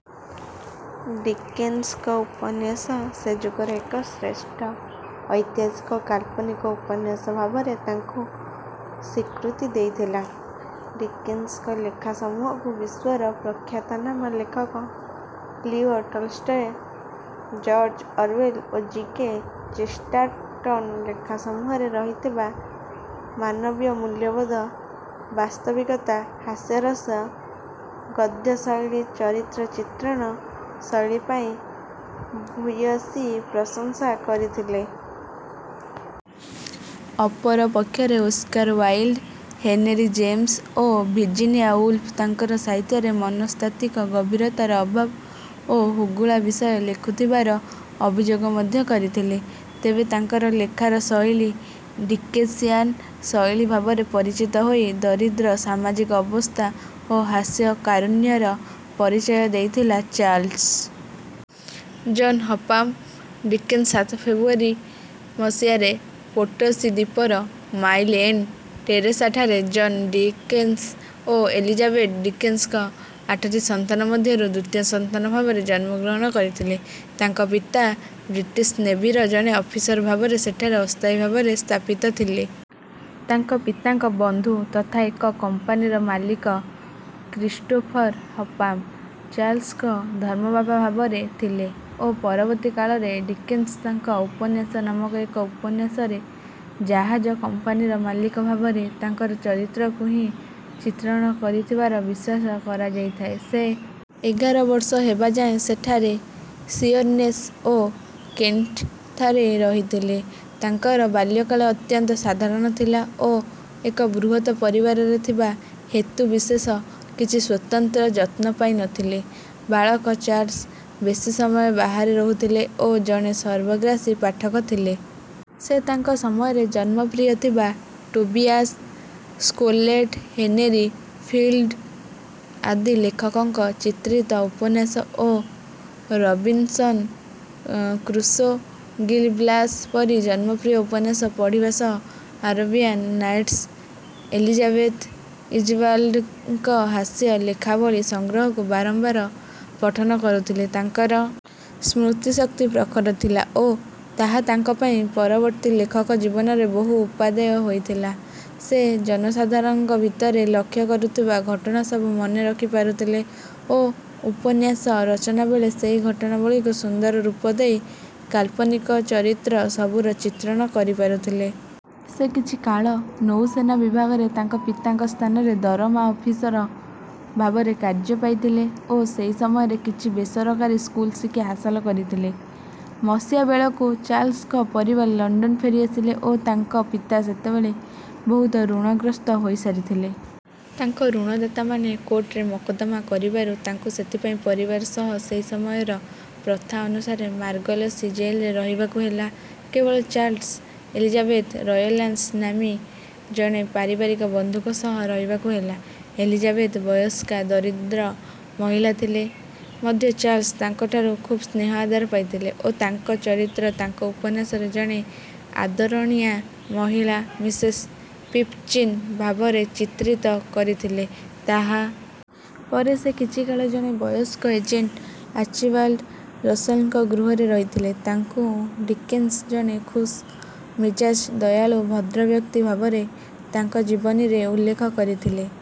ଡିକେନ୍ସଙ୍କ ଉପନ୍ୟାସ ସେ ଯୁଗର ଏକ ଶ୍ରେଷ୍ଠ ଐତିହାସିକ କାଳ୍ପନିକ ଉପନ୍ୟାସ ଭାବରେ ତାଙ୍କୁ ସ୍ୱୀକୃତି ଦେଇଥିଲା। ଡିକେନ୍ସଙ୍କ ଲେଖାସମୂହକୁ ବିଶ୍ୱର ପ୍ରଖ୍ୟାତନାମା ଲେଖକ ଲିଓ ଟଲଷ୍ଟୟ, ଜର୍ଜ ଅରୱେଲ ଓ ଜି. କେ. ଚେଷ୍ଟାରଟନ୍‌ ଲେଖାସମୂହରେ ରହିଥିବା ମାନବୀୟ ମୂଲ୍ୟବୋଧ, ବାସ୍ତବିକତା, ହାସ୍ୟରସ, ଗଦ୍ୟଶୈଳୀ, ଚରିତ୍ର ଚିତ୍ରଣ ଶୈଳୀ ପାଇଁ ଭୂୟସୀ ପ୍ରଶଂସା କରିଥିଲେ। ଅପରପକ୍ଷରେ ଓସ୍କାର ୱାଇଲ୍ଡ, ହେନେରୀ ଜେମ୍ସ ଓ ଭିର୍ଜିନିଆ ଉଲ୍ଫ ତାଙ୍କର ସାହିତ୍ୟରେ ମନସ୍ତାତ୍ତ୍ୱିକ ଗଭୀରତାର ଅଭାବ ଓ ହୁଗୁଳା ବିଷୟ ଲେଖୁଥିବାର ଅଭିଯୋଗ ମଧ୍ୟ କରିଥିଲେ। ତେବେ ତାଙ୍କର ଲେଖାର ଶୈଳୀ ଡିକେନ୍ସିଆନ୍ ଶୈଳୀ ଭାବରେ ପରିଚିତ ହୋଇ ଦରିଦ୍ର ସାମାଜିକ ଅବସ୍ଥା ଓ ହାସ୍ୟ-କାରୁଣ୍ୟର ପରିଚୟ ଦେଇଥିଲା। ଚାର୍ଲ୍ସ ଜନ୍ ହଫାମ୍ ଡିକେନ୍ସ ସାତ ଫେବ୍ରୁଆରୀ ମସିହାରେ ପୋର୍ଟସୀ ଦ୍ୱୀପର, ମାଇଲ୍ ଏଣ୍ଡ୍ ଟେରାସ୍‌ଠାରେ ଜନ୍ ଡିକେନ୍ସ ଓ ଏଲିଜାବେଥ ଡିକେନ୍ସଙ୍କ ଆଠଟି ସନ୍ତାନ ମଧ୍ୟରୁ ଦ୍ୱିତୀୟ ସନ୍ତାନ ଭାବରେ ଜନ୍ମଗ୍ରହଣ କରିଥିଲେ। ତାଙ୍କ ପିତା ବ୍ରିଟିଶ ନେଭିର ଜଣେ ଅଫିସର ଭାବରେ ସେଠାରେ ଅସ୍ଥାୟୀ ଭାବରେ ସ୍ଥାପିତ ଥିଲେ। ତାଙ୍କ ପିତାଙ୍କ ବନ୍ଧୁ ତଥା ଏକ କମ୍ପାନୀର ମାଲିକ "କ୍ରିଷ୍ଟୋଫର୍ ହଫାମ୍" ଚାର୍ଲ୍ସଙ୍କ ଧର୍ମବାପା ଭାବରେ ଥିଲେ ଓ ପରବର୍ତ୍ତୀ କାଳରେ ଡିକେନ୍ସ ତାଙ୍କ ଉପନ୍ୟାସ ନାମକ ଏକ ଉପନ୍ୟାସରେ ଜାହାଜ କମ୍ପାନୀର ମାଲିକ ଭାବରେ ତାଙ୍କର ଚରିତ୍ରକୁ ହିଁ ଚିତ୍ରଣ କରିଥିବାର ବିଶ୍ୱାସ କରାଯାଇଥାଏ। ସେ ଏଗାର ବର୍ଷ ହେବା ଯାଏ ସେଠାରେ ଶିଅର୍‌ନେସ୍ ଓ କେଣ୍ଟଠାରେ ରହିଥିଲେ। ତାଙ୍କର ବାଲ୍ୟକାଳ ଅତ୍ୟନ୍ତ ସାଧାରଣ ଥିଲା ଓ ଏକ ବୃହତ୍ ପରିବାରରେ ଥିବା ହେତୁ ବିଶେଷ କିଛି ସ୍ୱତନ୍ତ୍ର ଯତ୍ନ ପାଇ ନ ଥିଲେ। ବାଳକ ଚାର୍ଲ୍ସ ବେଶି ସମୟ ବାହାରେ ରହୁଥିଲେ ଓ ଜଣେ ସର୍ବଗ୍ରାସୀ ପାଠକ ଥିଲେ। ସେ ତାଙ୍କ ସମୟରେ ଜନପ୍ରିୟ ଥିବା ଟୋବିଆସ୍ ସ୍ମୋଲେଟ୍ ହେନେରୀ ଫିଲ୍ଡିଂ ଆଦି ଲେଖକଙ୍କ ଚିତ୍ରିତ ଉପନ୍ୟାସ ଓ ରବିନ୍‌ସନ୍ କ୍ରୁଶୋ, "ଗିଲ୍ ବ୍ଲାସ୍" ପରି ଜନପ୍ରିୟ ଉପନ୍ୟାସ ପଢ଼ିବା ସହ ଆରବିଆନ୍ ନାଇଟ୍ସ, ଏଲିଜାବେଥ୍ ଇଞ୍ଚବାଲ୍ଡ"ଙ୍କ ହାସ୍ୟ ଲେଖାବଳୀ ସଂଗ୍ରହକୁ ବାରମ୍ବାର ପଠନ କରୁଥିଲେ। ତାଙ୍କର ସ୍ମୃତିଶକ୍ତି ପ୍ରଖର ଥିଲା ଓ ତାହା ତାଙ୍କ ପାଇଁ ପରବର୍ତ୍ତୀ ଲେଖକ ଜୀବନରେ ବହୁ ଉପାଦେୟ ହୋଇଥିଲା। ସେ ଜନସାଧାରଣଙ୍କ ଭିତରେ ଲକ୍ଷ୍ୟ କରୁଥିବା ଘଟଣାସବୁ ମନେ ରଖିପାରୁଥିଲେ ଓ ଉପନ୍ୟାସ ରଚନା ବେଳେ ସେହି ଘଟଣାବଳୀକୁ ସୁନ୍ଦର ରୂପ ଦେଇ କାଳ୍ପନିକ ଚରିତ୍ର ସବୁର ଚିତ୍ରଣ କରିପାରୁଥିଲେ। ସେ କିଛିକାଳ ନୌସେନା ବିଭାଗରେ ତାଙ୍କ ପିତାଙ୍କ ସ୍ଥାନରେ ଦରମା ଅଫିସର ଭାବରେ କାର୍ଯ୍ୟ ପାଇଥିଲେ ଓ ସେହି ସମୟରେ କିଛି ବେସରକାରୀ ସ୍କୁଲ ଶିକ୍ଷା ହାସଲ କରିଥିଲେ। ମସିହା ବେଳକୁ ଚାର୍ଲ୍ସଙ୍କ ପରିବାର ଲଣ୍ଡନ ଫେରିଆସିଲେ ଓ ତାଙ୍କ ପିତା ସେତେବେଳେ ବହୁତ ଋଣଗ୍ରସ୍ତ ହୋଇସାରିଥିଲେ। ତାଙ୍କ ଋଣଦାତାମାନେ କୋର୍ଟରେ ମକଦ୍ଦମା କରିବାରୁ ତାଙ୍କୁ ସେଥିପାଇଁ ପରିବାର ସହ ସେହି ସମୟର ପ୍ରଥା ଅନୁସାରେ ମାର୍ଶଲସୀ ଜେଲ୍‌ରେ ରହିବାକୁ ହେଲା। କେବଳ ଚାର୍ଲ୍ସ ଏଲିଜାବେଥ୍ ରୟଲାନ୍ସ ନାମ୍ନୀ ଜଣେ ପାରିବାରିକ ବନ୍ଧୁଙ୍କ ସହ ରହିବାକୁ ହେଲା। ଏଲିଜାବେଥ୍ ବୟସ୍କା ଦରିଦ୍ର ମହିଳା ଥିଲେ ମଧ୍ୟ ଚାର୍ଲ୍ସ ତାଙ୍କଠାରୁ ଖୁବ୍ ସ୍ନେହ ଆଦର ପାଇଥିଲେ ଓ ତାଙ୍କ ଚରିତ୍ର ତାଙ୍କ ଉପନ୍ୟାସରେ ଜଣେ ଆଦରଣୀୟା ମହିଳା "ମିସେସ୍ ପିପ୍‌ଚିନ୍" ଭାବରେ ଚିତ୍ରିତ କରିଥିଲେ। ତାହା ପରେ ସେ କିଛିକାଳ ଜଣେ ବୟସ୍କ ଏଜେଣ୍ଟ ଆର୍ଚିବାଲ୍ଡ ରସେଲ୍"ଙ୍କ ଗୃହରେ ରହିଥିଲେ। ତାଙ୍କୁ ଡିକେନ୍ସ ଜଣେ ଖୁସ୍‌ମିଜାଜ, ଦୟାଳୁ ଭଦ୍ରବ୍ୟକ୍ତି ଭାବରେ ତାଙ୍କ ଜୀବନୀରେ ଉଲ୍ଲେଖ କରିଥିଲେ।